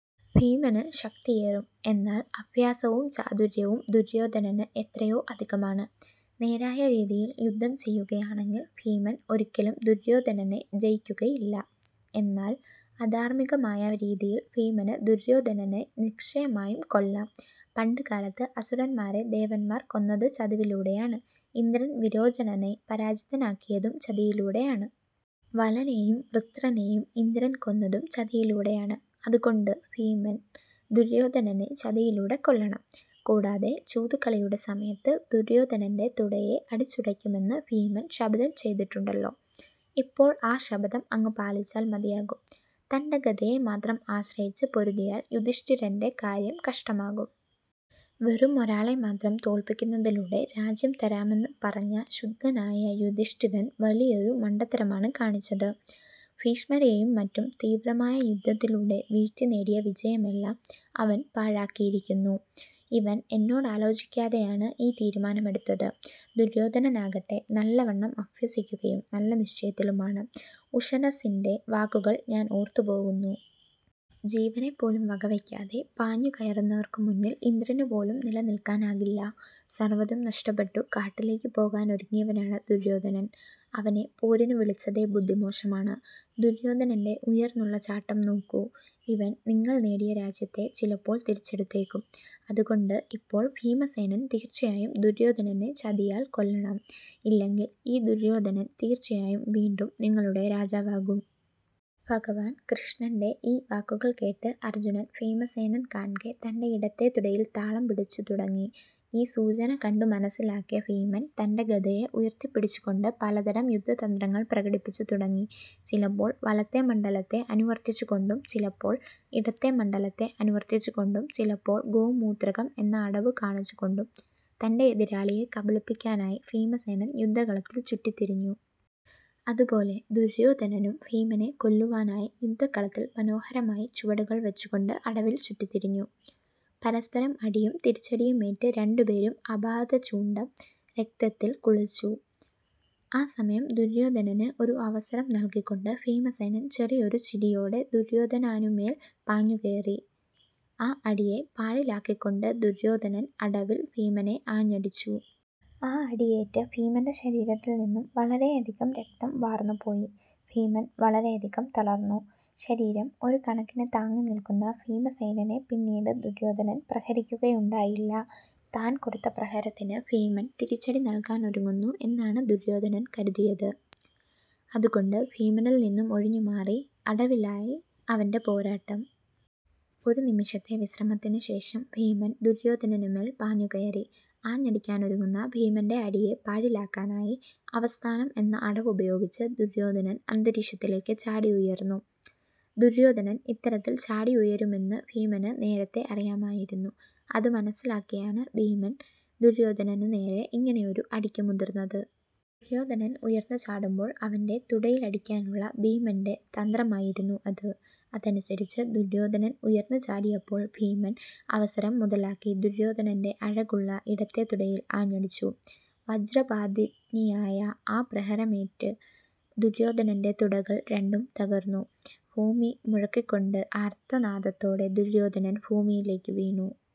ഭീമന് ശക്തിയേറും. എന്നാൽ അഭ്യാസവും ചാതുര്യവും ദുര്യോധനന് എത്രയോ അധികമാണ്. നേരായ രീതിയിൽ യുദ്ധം ചെയ്യുകയാണെങ്കിൽ ഭീമൻ ഒരിക്കലും ദുര്യോധനനെ ജയിക്കുകയില്ല. എന്നാൽ അധാർമ്മികമായ രീതിയിൽ ഭീമന് ദുര്യോധനനെ നിശ്ചയമായും കൊല്ലാം. പണ്ട് കാലത്തു അസുരന്മാരെ ദേവന്മാർ കൊന്നത് ചതിവിലൂടെയാണ്. ഇന്ദ്രൻ വിരോചനനെ പരാജിതനാക്കിയതും ചതിയിലൂടെയാണ്. വലനെയും വൃത്രനേയും ഇന്ദ്രൻ കൊന്നതും ചതിയിലൂടെയാണ്. അതുകൊണ്ടു ഭീമൻ ദുര്യോധനനെ ചതിയിലൂടെ കൊല്ലണം. കൂടാതെ ചൂതുകളിയുടെ സമയത്തു ദുര്യോധനന്റെ തുടയെ അടിച്ചുടയ്ക്കുമെന്നു ഭീമൻ ശപഥം ചെയ്തിട്ടുണ്ടല്ലോ. ഇപ്പോൾ ആ ശപഥം അങ്ങ് പാലിച്ചാൽ മതിയാകും. തന്റെ ഗദയെ മാത്രം ആശ്രയിച്ചു പൊരുതിയാൽ യുധിഷ്ഠിരന്റെ കാര്യം കഷ്ടമാകും. വെറും ഒരാളെ മാത്രം തോല്പിക്കുന്നതിലൂടെ രാജ്യം തരാമെന്നു പറഞ്ഞ ശുദ്ധനായ യുധിഷ്ഠിരൻ വലിയൊരു മണ്ടത്തരമാണ് കാണിച്ചത്. ഭീഷ്മരെയും മറ്റും തീവ്രമായ യുദ്ധത്തിലൂടെ വീഴ്ത്തി നേടിയ വിജയമെല്ലാം അവൻ പാഴാക്കിയിരിക്കുന്നു. ഇവൻ എന്നോടാലോചിക്കാതെയാണ് ഈ തീരുമാനമെടുത്തത്. ദുര്യോധനനാകട്ടെ നല്ലവണ്ണം അഭ്യസിക്കുകയും നല്ല നിശ്ചയത്തിലുമാണ്. ഉഷനസ്സിന്റെ വാക്കുകൾ ഞാൻ ഓർത്തുപോകുന്നു. ജീവനെപ്പോലും വകവയ്ക്കാതെ പാഞ്ഞു കയറുന്നവർക്കുമുന്നിൽ ഇന്ദ്രനുപോലും നിൽക്കാനാകില്ല. സർവ്വതും നഷ്ടപ്പെട്ടു കാട്ടിലേക്ക് പോകാനൊരുങ്ങിയവനാണ് ദുര്യോധനൻ. അവനെ പോരിന് വിളിച്ചതേ ബുദ്ധിമോശമാണ്. ദുര്യോധനന്റെ ഉയർന്നുള്ള ചാട്ടം നോക്കൂ. ഇവൻ നിങ്ങൾ നേടിയ രാജ്യത്തെ ചിലപ്പോൾ തിരിച്ചെടുത്തേക്കും. അതുകൊണ്ടു ഇപ്പോൾ ഭീമസേനൻ തീർച്ചയായും ദുര്യോധനനെ ചതിയാൽ കൊല്ലണം. ഇല്ലെങ്കിൽ ഈ ദുര്യോധനൻ തീർച്ചയായും വീണ്ടും നിങ്ങളുടെ രാജാവാകും. " ഭഗവാൻ കൃഷ്ണന്റെ ഈ വാക്കുകൾ കേട്ട് അർജ്ജുനൻ ഭീമസേനൻ കാണ്കെ തന്റെ ഇടത്തെ തുടയിൽ താളം പിടിച്ചു തുടങ്ങി. ഈ സൂചന കണ്ടു മനസ്സിലാക്കിയ ഭീമൻ തന്റെ ഗദയെ ഉയർത്തിപ്പിടിച്ചുകൊണ്ടു പലതരം യുദ്ധതന്ത്രങ്ങൾ പ്രകടിപ്പിച്ചു തുടങ്ങി. ചിലപ്പോൾ വലത്തെ മണ്ഡലത്തെ അനുവർത്തിച്ചുകൊണ്ടും ചിലപ്പോൾ ഇടത്തെ മണ്ഡലത്തെ അനുവർത്തിച്ചുകൊണ്ടും ചിലപ്പോൾ ഗോമൂത്രകം എന്ന അടവ് കാണിച്ചുകൊണ്ടും തന്റെ എതിരാളിയെ കബളിപ്പിക്കാനായി ഭീമസേനൻ യുദ്ധക്കളത്തിൽ ചുറ്റിത്തിരിഞ്ഞു. അതുപോലെ ദുര്യോധനനും ഭീമനെ കൊല്ലുവാനായി യുദ്ധക്കളത്തിൽ മനോഹരമായി ചുവടുകൾ വച്ചുകൊണ്ടു അടവിൽ ചുറ്റിത്തിരിഞ്ഞു. പരസ്പരം അടിയും തിരിച്ചടിയുമേറ്റു രണ്ടുപേരും ആപാദചൂഡം രക്തത്തിൽ കുളിച്ചു. ആ സമയം ദുര്യോധനന് ഒരു അവസരം നല്കിക്കൊണ്ട് ഭീമസേനൻ ചെറിയൊരു ചിരിയോടെ ദുര്യോധനാനുമേൽ പാഞ്ഞു കയറി. ആ അടിയെ പാഴിലാക്കിക്കൊണ്ടു ദുര്യോധനൻ അടവിൽ ഭീമനെ ആഞ്ഞടിച്ചു. ആ അടിയേറ്റ് ഭീമന്റെ ശരീരത്തിൽ നിന്നും വളരെയധികം രക്തം വാർന്നു പോയി. ഭീമൻ വളരെയധികം തളർന്നു. ശരീരം ഒരു കണക്കിന് താങ്ങി നിൽക്കുന്ന ഭീമസേനനെ പിന്നീട് ദുര്യോധനൻ പ്രഹരിക്കുകയുണ്ടായില്ല. താൻ കൊടുത്ത പ്രഹരത്തിനു ഭീമൻ തിരിച്ചടി നൽകാനൊരുങ്ങുന്നു എന്നാണു ദുര്യോധനൻ കരുതിയത്. അതുകൊണ്ടു ഭീമനിൽ നിന്നും ഒഴിഞ്ഞു മാറി അടവിലായി അവന്റെ പോരാട്ടം. ഒരു നിമിഷത്തെ വിശ്രമത്തിനു ശേഷം ഭീമൻ ദുര്യോധനന് മേൽ പാഞ്ഞു കയറി. ആഞ്ഞടിക്കാനൊരുങ്ങുന്ന ഭീമന്റെ അടിയെ പാഴിലാക്കാനായി അവസ്ഥാനം എന്ന അടവുപയോഗിച്ചു ദുര്യോധനൻ അന്തരീക്ഷത്തിലേക്ക് ചാടിയുയർന്നു. ദുര്യോധനൻ ഇത്തരത്തിൽ ചാടിയുയരുമെന്നു ഭീമന് നേരത്തെ അറിയാമായിരുന്നു. അത് മനസ്സിലാക്കിയാണ് ഭീമൻ ദുര്യോധനന് നേരെ ഇങ്ങനെയൊരു അടിക്കു മുതിർന്നത്. ദുര്യോധനൻ ഉയർന്നു ചാടുമ്പോൾ അവന്റെ തുടയിലടിക്കാനുള്ള ഭീമന്റെ തന്ത്രമായിരുന്നു അത്. അതനുസരിച്ചു ദുര്യോധനൻ ഉയർന്നു ചാടിയപ്പോൾ ഭീമൻ അവസരം മുതലാക്കി ദുര്യോധനന്റെ അഴകുള്ള ഇടത്തെ തുടയിൽ ആഞ്ഞടിച്ചു. വജ്രപാതിനിയായ ആ പ്രഹരമേറ്റു ദുര്യോധനന്റെ തുടകൾ രണ്ടും തകർന്നു. ഭൂമി മുഴക്കിക്കൊണ്ട് ആർത്തനാദത്തോടെ ദുര്യോധനൻ ഭൂമിയിലേക്ക് വീണു.